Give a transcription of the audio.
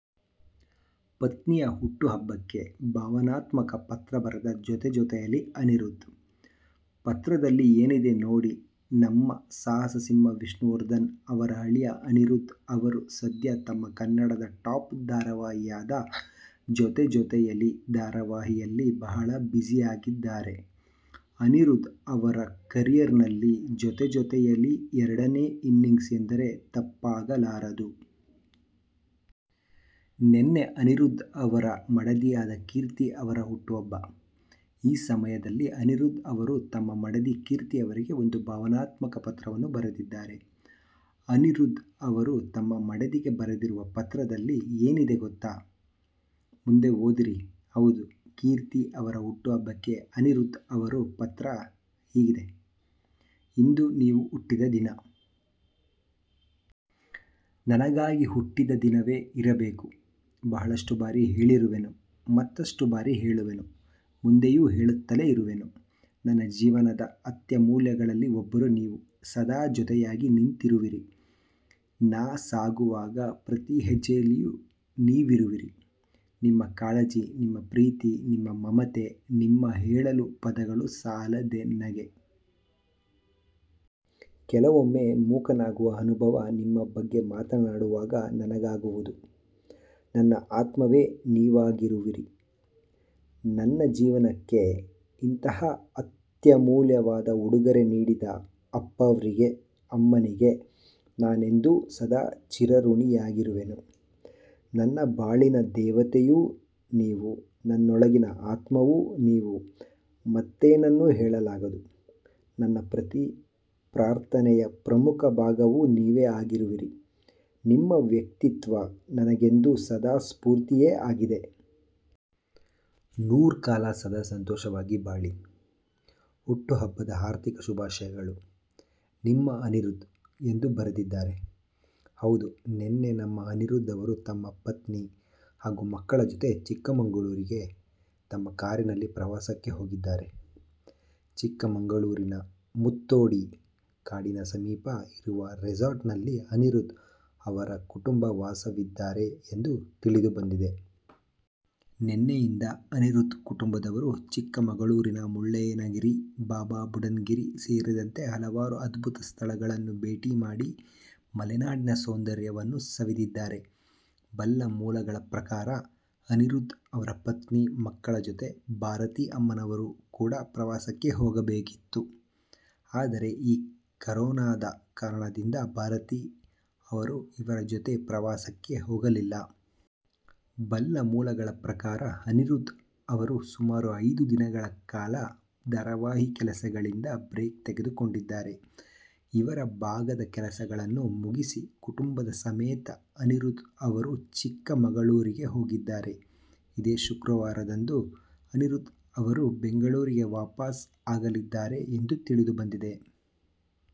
ಪತ್ನಿಯ ಹುಟ್ಟು ಹಬ್ಬಕ್ಕೆ ಭಾವನಾತ್ಮಕ ಪತ್ರ ಬರೆದ ಜೊತೆಜೊತೆಯಲಿ ಅನಿರುಧ್. ಪತ್ರದಲ್ಲಿ ಏನಿದೆ ನೋಡಿ ನಮ್ಮ ಸಾಹಸ ಸಿಂಹ ವಿಷ್ಣುವರ್ಧನ್ ಅವರ ಅಳಿಯ ಅನಿರುಧ್ ಅವರು ಸದ್ಯ ತಮ್ಮ ಕನ್ನಡದ ಟಾಪ್ ದಾರಾವಾಹಿಯಾದ ಜೊತೆಜೊತೆಯಲಿ ಧಾರಾವಾಹಿ ಯಲ್ಲಿ ಬಹಳ ಬ್ಯುಸಿ ಆಗಿದ್ದಾರೆ. ಅನಿರುಧ್ ಅವರ ಕರಿಯರ್ ನಲ್ಲಿ ಜೊತೆಜೊತೆಯಲಿ ಎರಡನೇ ಇನ್ನಿಂಗ್ಸ್ ಎಂದರೆ ತಪ್ಪಾಗಲಾರದು. ನೆನ್ನೆ ಅನಿರುಧ್ ಅವರ ಮಡದಿ ಆದ ಕೀರ್ತಿ ಅವರ ಹುಟ್ಟು ಹಬ್ಬ. ಈ ಸಮಯದಲ್ಲಿ ಅನಿರುಧ್ ಅವರು ತಮ್ಮ ಮಡದಿ ಕೀರ್ತಿ ಅವರಿಗೆ ಒಂದು ಭಾವನಾತ್ಮಕ ಪತ್ರವನ್ನು ಬರೆದಿದ್ದಾರೆ. ಅನಿರುಧ್ ಅವರು ತಮ್ಮ ಮಡದಿಗೆ ಬರೆದಿರುವ ಪತ್ರದಲ್ಲಿ ಏನಿದೆ ಗೊತ್ತಾ! ಮುಂದೆ ಓದಿರಿ ಹೌದು, ಕೀರ್ತಿ ಅವರ ಹುಟ್ಟು ಹಬ್ಬಕ್ಕೆ ಅನಿರುಧ್ ಅವರು ಪತ್ರ ಹೀಗಿದೆ "ಇಂದು ನೀವು ಹುಟ್ಟಿದ ದಿನ. ನನಗಾಗಿ ಹುಟ್ಟಿದ ದಿನವೇ ಇರಬೇಕು. ಬಹಳಷ್ಟು ಬಾರಿ ಹೇಳಿರುವೆನು. ಮತ್ತಷ್ಟು ಬಾರಿ ಹೇಳುವೆನು. ಮುಂದೆಯೂ ಹೇಳುತ್ತಲೇ ಇರುವೆನು. ನನ್ನ ಜೀವನದ ಅತ್ಯಮೂಲ್ಯಗಳಲ್ಲಿ ಒಬ್ಬರು ನೀವು. ಸದಾ ಜೊತೆಯಾಗಿ ನಿಂತಿರುವಿರಿ. ನಾ ಸಾಗುವಾಗ ಪ್ರತಿ ಹೆಜ್ಜೆಯಲ್ಲಿಯೂ ನೀವಿರುವಿರಿ. ನಿಮ್ಮ ಕಾಳಜಿ, ನಿಮ್ಮ ಪ್ರೀತಿ, ನಿಮ್ಮ ಮಮತೆ, ನಿಮ್ಮ ಹೇಳಲು ಪದಗಳು ಸಾಲದೆನಗೆ. ಕೆಲವೊಮ್ಮೆ ಮೂಕನಾಗುವ ಅನುಭವ ನಿಮ್ಮ ಬಗ್ಗೆ ಮಾತನಾಡುವಾಗ ನನಗಾಗುವುದು. ನನ್ನ ಆತ್ಮವೇ ನೀವಾಗಿರುವಿರಿ. ನನ್ನ ಜೀವನಕ್ಕೆ ಇಂತಹ ಅತ್ಯಮೂಲ್ಯವಾದ ಉಡುಗೊರೆ ನೀಡಿದ ಅಪ್ಪಾವ್ರಿಗೆ, ಅಮ್ಮನಿಗೆ ನಾನೆಂದೂ ಸದಾ ಚಿರಋಣಿಯಾಗಿರುವೆನು. ನನ್ನ ಬಾಳಿನ ದೇವತೆಯೂ ನೀವು, ನನ್ನೊಳಗಿನ ಆತ್ಮವೂ ನೀವು, ಮತ್ತೇನನ್ನು ಹೇಳಲಾಗದು. ನನ್ನ ಪ್ರತಿ ಪ್ರಾರ್ಥನೆಯ ಪ್ರಮುಖ ಭಾಗವೂ ನೀವೆ ಆಗಿರುವಿರಿ, ನಿಮ್ಮ ವ್ಯಕ್ತಿತ್ವ ನನಗೆಂದೂ ಸದಾ ಸ್ಪೂರ್ತಿಯೇ ಆಗಿದೆ.. ನೂರ್ಕಾಲ ಸದಾ ಸಂತೋಷವಾಗಿ ಬಾಳಿ.. ಹುಟ್ಟು ಹಬ್ಬದ ಹಾರ್ದಿಕ ಶುಭಾಶಯಗಳು. ನಿಮ್ಮ ಅನಿರುಧ್ ಎಂದು ಬರೆದಿದ್ದಾರೆ. ಹೌದು ನೆನ್ನೆ ನಮ್ಮ ಅನಿರುಧ್ ಅವರು ತಮ್ಮ ಪತ್ನಿ, ಹಾಗು ಮಕ್ಕಳ ಜೊತೆ ಚಿಕ್ಕಮಗಳೂರಿಗೆ ತಮ್ಮ ಕಾರಿನಲ್ಲಿ ಪ್ರವಾಸಕ್ಕೆ ಹೋಗಿದ್ದಾರೆ. ಚಿಕ್ಕಮಗಳೂರಿನ ಮುತ್ತೋಡಿ ಕಾಡಿನ ಸಮೀಪ ಇರುವ ರೆಸಾರ್ಟ್ ನಲ್ಲಿ ಅನಿರುಧ್ ಅವರ ಕುಟುಂಬ ವಾಸವಿದ್ದಾರೆ ಎಂದು ತಿಳಿದು ಬಂದಿದೆ. ನೆನ್ನೆಯಿಂದ ಅನಿರುಧ್ ಕುಟುಂಬದವರು, ಚಿಕ್ಕಮಗಳೂರಿನ ಮುಳ್ಳಯ್ಯನಗಿರಿ, ಬಾಬಾ ಬುಡನ್ ಗಿರಿ ಸೇರಿದಂತೆ ಹಲವಾರು ಅದ್ಭುತ ಸ್ಥಳಗಳನ್ನು ಭೇಟಿ ಮಾಡಿ ಮಲೆನಾಡಿನ ಸೌಂದರ್ಯವನ್ನು ಸವಿದಿದ್ದಾರೆ. ಬಲ್ಲ ಮೂಲಗಳ ಪ್ರಕಾರ ಅನಿರುಧ್ ಅವರ ಪತ್ನಿ, ಮಕ್ಕಳ ಜೊತೆ, ಭಾರತಿ ಅಮ್ಮನವರು ಕೂಡ ಪ್ರವಾಸಕ್ಕೆ ಹೋಗಬೇಕಿತ್ತು. ಆದರೆ ಈ ಕರೋನದ ಕಾರಣದಿಂದ ಭಾರತಿ ಅವರು ಇವರ ಜೊತೆ ಪ್ರವಾಸಕ್ಕೆ ಹೋಗಲಿಲ್ಲ. ಬಲ್ಲ ಮೂಲಗಳ ಪ್ರಕಾರ ಅನಿರುಧ್ ಅವರು ಸುಮಾರು ಐದು ದಿನಗಳ ಕಾಲ ಧಾರಾವಾಹಿ ಕೆಲಸಗಳಿಂದ ಬ್ರೇಕ್ ತೆಗೆದು ಕೊಂಡಿದ್ದಾರೆ. ಇವರ ಭಾಗದ ಕೆಲಸಗಳನ್ನು ಮುಗಿಸಿ, ಕುಟುಂಬದ ಸಮೇತ ಅನಿರುಧ್ ಅವರು ಚಿಕ್ಕಮಗಳೂರಿಗೆ ಹೋಗಿದ್ದಾರೆ. ಇದೇ ಶುಕ್ರವಾರದಂದು ಅನಿರುಧ್ ಅವರು ಬೆಂಗಳೂರಿಗೆ ವಾಪಾಸ್ ಆಗಲಿದ್ದಾರೆ ಎಂದು ತಿಳಿದು ಬಂದಿದೆ.